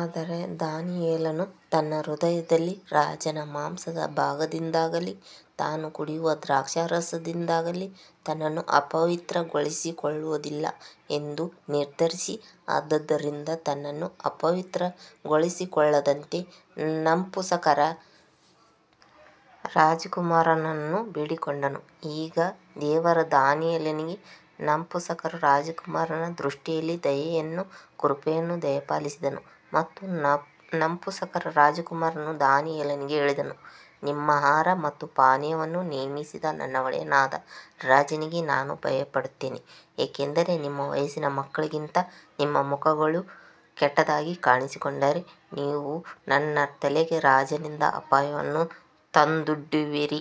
ಆದರೆ ದಾನಿಯೇಲನು ತನ್ನ ಹೃದಯದಲ್ಲಿ ರಾಜನ ಮಾಂಸದ ಭಾಗದಿಂದಾಗಲಿ ತಾನು ಕುಡಿಯುವ ದ್ರಾಕ್ಷಾರಸದಿಂದಾಗಲಿ ತನ್ನನ್ನು ಅಪವಿತ್ರಗೊಳಿಸಿಕೊಳ್ಳುವುದಿಲ್ಲ ಎಂದು ನಿರ್ಧರಿಸಿ, ಆದ್ದರಿಂದ ತನ್ನನ್ನು ಅಪವಿತ್ರಗೊಳಿಸಿಕೊಳ್ಳದಂತೆ ನಪುಂಸಕರ ರಾಜಕುಮಾರನನ್ನು ಬೇಡಿಕೊಂಡನು. ಈಗ ದೇವರು ದಾನಿಯೇಲನಿಗೆ ನಪುಂಸಕರ ರಾಜಕುಮಾರನ ದೃಷ್ಟಿಯಲ್ಲಿ ದಯೆಯನ್ನೂ ಕೃಪೆಯನ್ನೂ ದಯಪಾಲಿಸಿದನು. ಮತ್ತು ನಪುಂಸಕರ ರಾಜಕುಮಾರನು ದಾನಿಯೇಲನಿಗೆ ಹೇಳಿದನು, ನಿಮ್ಮ ಆಹಾರ ಮತ್ತು ಪಾನೀಯವನ್ನು ನೇಮಿಸಿದ ನನ್ನ ಒಡೆಯನಾದ ರಾಜನಿಗೆ ನಾನು ಭಯಪಡುತ್ತೇನೆ, ಏಕೆಂದರೆ ನಿಮ್ಮ ವಯಸ್ಸಿನ ಮಕ್ಕಳಿಗಿಂತ ನಿಮ್ಮ ಮುಖಗಳು ಕೆಟ್ಟದಾಗಿ ಕಾಣಿಸಿಕೊಂಡರೆ, ನೀವು ನನ್ನ ತಲೆಗೆ ರಾಜನಿಂದ ಅಪಾಯವನ್ನು ತಂದೊಡ್ಡುವಿರಿ.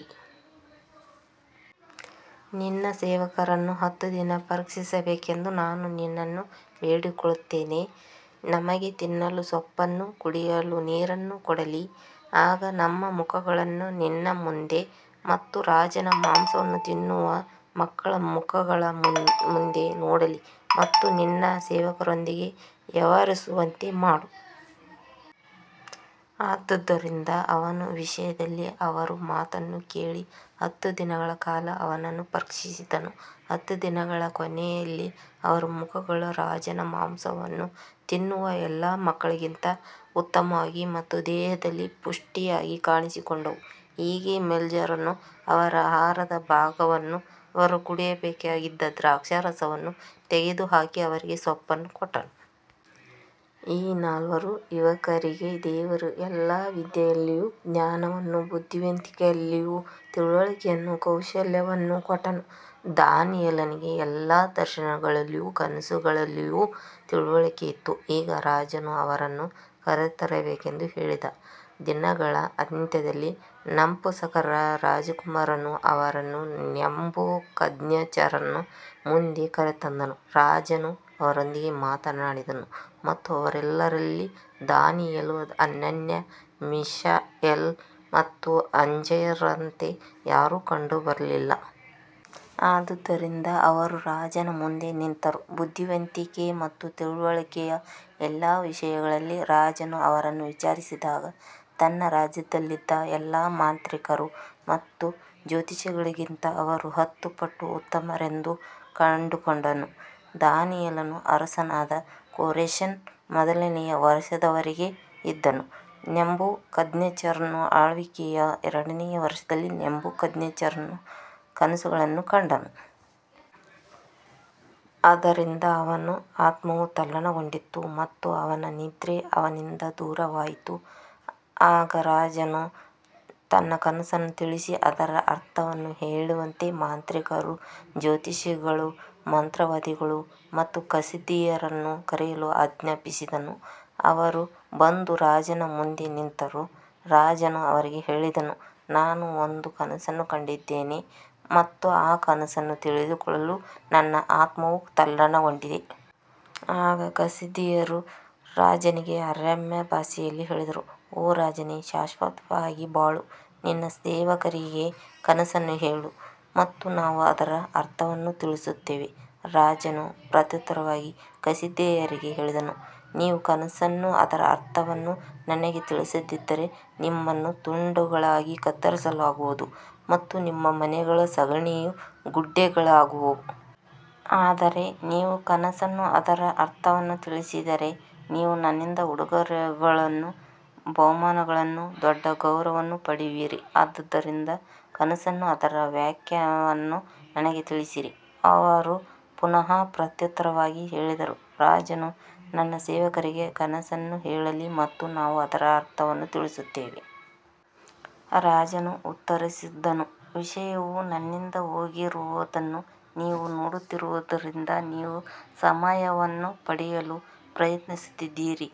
ನಿನ್ನ ಸೇವಕರನ್ನು ಹತ್ತು ದಿನ ಪರೀಕ್ಷಿಸಬೇಕೆಂದು ನಾನು ನಿನ್ನನ್ನು ಬೇಡಿಕೊಳ್ಳುತ್ತೇನೆ. ನಮಗೆ ತಿನ್ನಲು ಸೊಪ್ಪನ್ನೂ ಕುಡಿಯಲು ನೀರನ್ನೂ ಕೊಡಲಿ. ಆಗ ನಮ್ಮ ಮುಖಗಳನ್ನು ನಿನ್ನ ಮುಂದೆ ಮತ್ತು ರಾಜನ ಮಾಂಸವನ್ನು ತಿನ್ನುವ ಮಕ್ಕಳ ಮುಖಗಳ ಮುಂದೆ ನೋಡಲಿ ಮತ್ತು ನೀನು ನಿನ್ನ ಸೇವಕರೊಂದಿಗೆ ವ್ಯವಹರಿಸುವಂತೆ ಮಾಡು. ಆದ್ದರಿಂದ ಅವನು ಈ ವಿಷಯದಲ್ಲಿ ಅವರ ಮಾತನ್ನು ಕೇಳಿ ಹತ್ತು ದಿನಗಳ ಕಾಲ ಅವರನ್ನು ಪರೀಕ್ಷಿಸಿದನು. ಹತ್ತು ದಿನಗಳ ಕೊನೆಯಲ್ಲಿ ಅವರ ಮುಖಗಳು ರಾಜನ ಮಾಂಸವನ್ನು ತಿನ್ನುವ ಎಲ್ಲಾ ಮಕ್ಕಳಿಗಿಂತ ಉತ್ತಮವಾಗಿ ಮತ್ತು ದೇಹದಲ್ಲಿ ಪುಷ್ಟಿಯಾಗಿ ಕಾಣಿಸಿಕೊಂಡವು. ಹೀಗೆ ಮೆಲ್ಜಾರನು ಅವರ ಆಹಾರದ ಭಾಗವನ್ನೂ ಅವರು ಕುಡಿಯಬೇಕಾಗಿದ್ದ ದ್ರಾಕ್ಷಾರಸವನ್ನೂ ತೆಗೆದುಹಾಕಿ ಅವರಿಗೆ ಸೊಪ್ಪನ್ನು ಕೊಟ್ಟನು. ಈ ನಾಲ್ವರು ಯುವಕರಿಗೆ ದೇವರು ಎಲ್ಲಾ ವಿದ್ಯೆಯಲ್ಲಿಯೂ ಜ್ಞಾನವನ್ನೂ ಬುದ್ಧಿವಂತಿಕೆಯಲ್ಲಿಯೂ ತಿಳುವಳಿಕೆಯನ್ನೂ ಕೌಶಲ್ಯವನ್ನೂ ಕೊಟ್ಟನು. ದಾನಿಯೇಲನಿಗೆ ಎಲ್ಲಾ ದರ್ಶನಗಳಲ್ಲಿಯೂ ಕನಸುಗಳಲ್ಲಿಯೂ ತಿಳುವಳಿಕೆ ಇತ್ತು. ಈಗ ರಾಜನು ಅವರನ್ನು ಕರೆತರಬೇಕೆಂದು ಹೇಳಿದ ದಿನಗಳ ಅಂತ್ಯದಲ್ಲಿ ನಪುಂಸಕರ ರಾಜಕುಮಾರನು ಅವರನ್ನು ನೆಬೂಕದ್ನೆಚ್ಚರನ ಮುಂದೆ ಕರೆತಂದನು. ರಾಜನು ಅವರೊಂದಿಗೆ ಮಾತನಾಡಿದನು ಮತ್ತು ಅವರೆಲ್ಲರಲ್ಲಿ ದಾನಿಯೇಲ, ಹನನ್ಯ, ಮಿಶಾಯೇಲ ಮತ್ತು ಅಜರ್ಯರಂತೆ ಯಾರೂ ಕಂಡುಬರಲಿಲ್ಲ. ಆದ್ದರಿಂದ ಅವರು ರಾಜನ ಮುಂದೆ ನಿಂತರು. ಬುದ್ಧಿವಂತಿಕೆ ಮತ್ತು ತಿಳುವಳಿಕೆಯ ಎಲ್ಲಾ ವಿಷಯಗಳಲ್ಲಿ ರಾಜನು ಅವರನ್ನು ವಿಚಾರಿಸಿದಾಗ, ತನ್ನ ರಾಜ್ಯದಲ್ಲಿದ್ದ ಎಲ್ಲಾ ಮಾಂತ್ರಿಕರು ಮತ್ತು ಜ್ಯೋತಿಷಿಗಳಿಗಿಂತ ಅವರು ಹತ್ತು ಪಟ್ಟು ಉತ್ತಮರೆಂದು ಕಂಡುಕೊಂಡನು. ದಾನಿಯೇಲನು ಅರಸನಾದ ಕೋರೆಷನ ಮೊದಲನೆಯ ವರ್ಷದವರೆಗೆ ಇದ್ದನು. ನೆಬೂಕದ್ನೆಚ್ಚರನ ಆಳ್ವಿಕೆಯ ಎರಡನೆಯ ವರ್ಷದಲ್ಲಿ ನೆಬೂಕದ್ನೆಚ್ಚರನು ಕನಸುಗಳನ್ನು ಕಂಡನು. ಅದರಿಂದ ಅವನ ಆತ್ಮವು ತಲ್ಲಣಗೊಂಡಿತು ಮತ್ತು ಅವನ ನಿದ್ರೆ ಅವನಿಂದ ದೂರವಾಯಿತು. ಆಗ ರಾಜನು ತನ್ನ ಕನಸನ್ನು ತಿಳಿಸಿ ಅದರ ಅರ್ಥವನ್ನು ಹೇಳುವಂತೆ ಮಾಂತ್ರಿಕರು, ಜ್ಯೋತಿಷಿಗಳು, ಮಂತ್ರವಾದಿಗಳು ಮತ್ತು ಕಸ್ದೀಯರನ್ನು ಕರೆಯಲು ಆಜ್ಞಾಪಿಸಿದನು. ಅವರು ಬಂದು ರಾಜನ ಮುಂದೆ ನಿಂತರು. ರಾಜನು ಅವರಿಗೆ ಹೇಳಿದನು, ನಾನು ಒಂದು ಕನಸನ್ನು ಕಂಡಿದ್ದೇನೆ ಮತ್ತು ಆ ಕನಸನ್ನು ತಿಳಿದುಕೊಳ್ಳಲು ನನ್ನ ಆತ್ಮವು ತಲ್ಲಣಗೊಂಡಿದೆ. ಆಗ ಕಸ್ದೀಯರು ರಾಜನಿಗೆ ಅರಾಮ್ಯ ಭಾಷೆಯಲ್ಲಿ ಹೇಳಿದರು, ಓ ರಾಜನೇ, ಶಾಶ್ವತವಾಗಿ ಬಾಳು. ನಿನ್ನ ಸೇವಕರಿಗೆ ಕನಸನ್ನು ಹೇಳು ಮತ್ತು ನಾವು ಅದರ ಅರ್ಥವನ್ನು ತಿಳಿಸುತ್ತೇವೆ. ರಾಜನು ಪ್ರತ್ಯುತ್ತರವಾಗಿ ಕಸ್ದೀಯರಿಗೆ ಹೇಳಿದನು, ನೀವು ಕನಸನ್ನೂ ಅದರ ಅರ್ಥವನ್ನೂ ನನಗೆ ತಿಳಿಸದಿದ್ದರೆ ನಿಮ್ಮನ್ನು ತುಂಡುಗಳಾಗಿ ಕತ್ತರಿಸಲಾಗುವುದು ಮತ್ತು ನಿಮ್ಮ ಮನೆಗಳು ಸಗಣಿಯ ಗುಡ್ಡೆಗಳಾಗುವವು. ಆದರೆ ನೀವು ಕನಸನ್ನೂ ಅದರ ಅರ್ಥವನ್ನೂ ತಿಳಿಸಿದರೆ ನೀವು ನನ್ನಿಂದ ಉಡುಗೊರೆಗಳನ್ನೂ ಬಹುಮಾನಗಳನ್ನೂ ದೊಡ್ಡ ಗೌರವವನ್ನೂ ಪಡೆಯುವಿರಿ. ಆದ್ದರಿಂದ ಕನಸನ್ನೂ ಅದರ ವ್ಯಾಖ್ಯಾನವನ್ನೂ ನನಗೆ ತಿಳಿಸಿರಿ. ಅವರು ಪುನಃ ಪ್ರತ್ಯುತ್ತರವಾಗಿ ಹೇಳಿದರು, ರಾಜನು ತನ್ನ ಸೇವಕರಿಗೆ ಕನಸನ್ನು ಹೇಳಲಿ ಮತ್ತು ನಾವು ಅದರ ಅರ್ಥವನ್ನು ತಿಳಿಸುತ್ತೇವೆ. ರಾಜನು ಉತ್ತರಿಸಿದನು, ವಿಷಯವು ನನ್ನಿಂದ ಹೋಗಿರುವುದನ್ನು ನೀವು ನೋಡುತ್ತಿರುವುದರಿಂದ ನೀವು ಸಮಯವನ್ನು ಪಡೆಯಲು ಪ್ರಯತ್ನಿಸುತ್ತಿದ್ದೀರಿ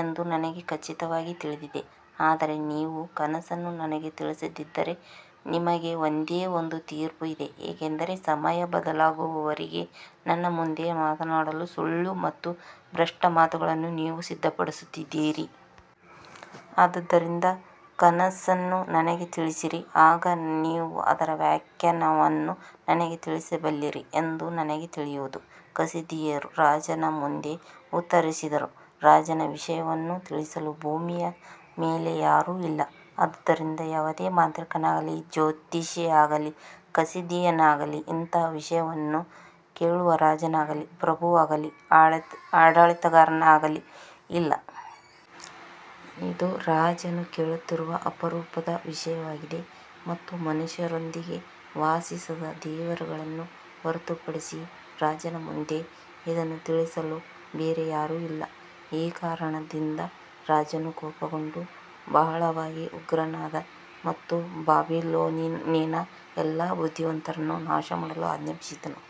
ಎಂದು ನನಗೆ ಖಚಿತವಾಗಿ ತಿಳಿದಿದೆ. ಆದರೆ ನೀವು ಕನಸನ್ನು ನನಗೆ ತಿಳಿಸದಿದ್ದರೆ ನಿಮಗೆ ಒಂದೇ ಒಂದು ತೀರ್ಪು ಇದೆ. ಏಕೆಂದರೆ ಸಮಯ ಬದಲಾಗುವವರೆಗೆ ನನ್ನ ಮುಂದೆ ಮಾತನಾಡಲು ಸುಳ್ಳು ಮತ್ತು ಭ್ರಷ್ಟ ಮಾತುಗಳನ್ನು ನೀವು ಸಿದ್ಧಪಡಿಸಿದ್ದೀರಿ. ಆದ್ದರಿಂದ ಕನಸನ್ನು ನನಗೆ ತಿಳಿಸಿರಿ. ಆಗ ನೀವು ಅದರ ವ್ಯಾಖ್ಯಾನವನ್ನೂ ನನಗೆ ತಿಳಿಸಬಲ್ಲಿರಿ ಎಂದು ನನಗೆ ತಿಳಿಯುವುದು. ಕಸ್ದೀಯರು ರಾಜನ ಮುಂದೆ ಉತ್ತರಿಸಿದರು, ರಾಜನ ವಿಷಯವನ್ನು ತಿಳಿಸಲು ಭೂಮಿಯ ಮೇಲೆ ಯಾರೂ ಇಲ್ಲ. ಆದ್ದರಿಂದ ಯಾವುದೇ ಮಾಂತ್ರಿಕನಾಗಲಿ, ಜ್ಯೋತಿಷಿಯಾಗಲಿ, ಕಸ್ದೀಯನಾಗಲಿ ಇಂತಹ ವಿಷಯವನ್ನು ಕೇಳುವ ರಾಜನಾಗಲಿ, ಪ್ರಭುವಾಗಲಿ, ಆಡಳಿತಗಾರನಾಗಲಿ ಇಲ್ಲ. ಇದು ರಾಜನು ಕೇಳುತ್ತಿರುವ ಅಪರೂಪದ ವಿಷಯವಾಗಿದೆ ಮತ್ತು ಮನುಷ್ಯರೊಂದಿಗೆ ವಾಸಿಸದ ದೇವರುಗಳನ್ನು ಹೊರತುಪಡಿಸಿ ರಾಜನ ಮುಂದೆ ಇದನ್ನು ತಿಳಿಸಲು ಬೇರೆ ಯಾರೂ ಇಲ್ಲ. ಈ ಕಾರಣದಿಂದ ರಾಜನು ಕೋಪಗೊಂಡು ಬಹಳವಾಗಿ ಉಗ್ರನಾದನು ಮತ್ತು ಬಾಬಿಲೋನಿನ ಎಲ್ಲಾ ಬುದ್ಧಿವಂತರನ್ನು ನಾಶಮಾಡಲು ಆಜ್ಞಾಪಿಸಿದನು.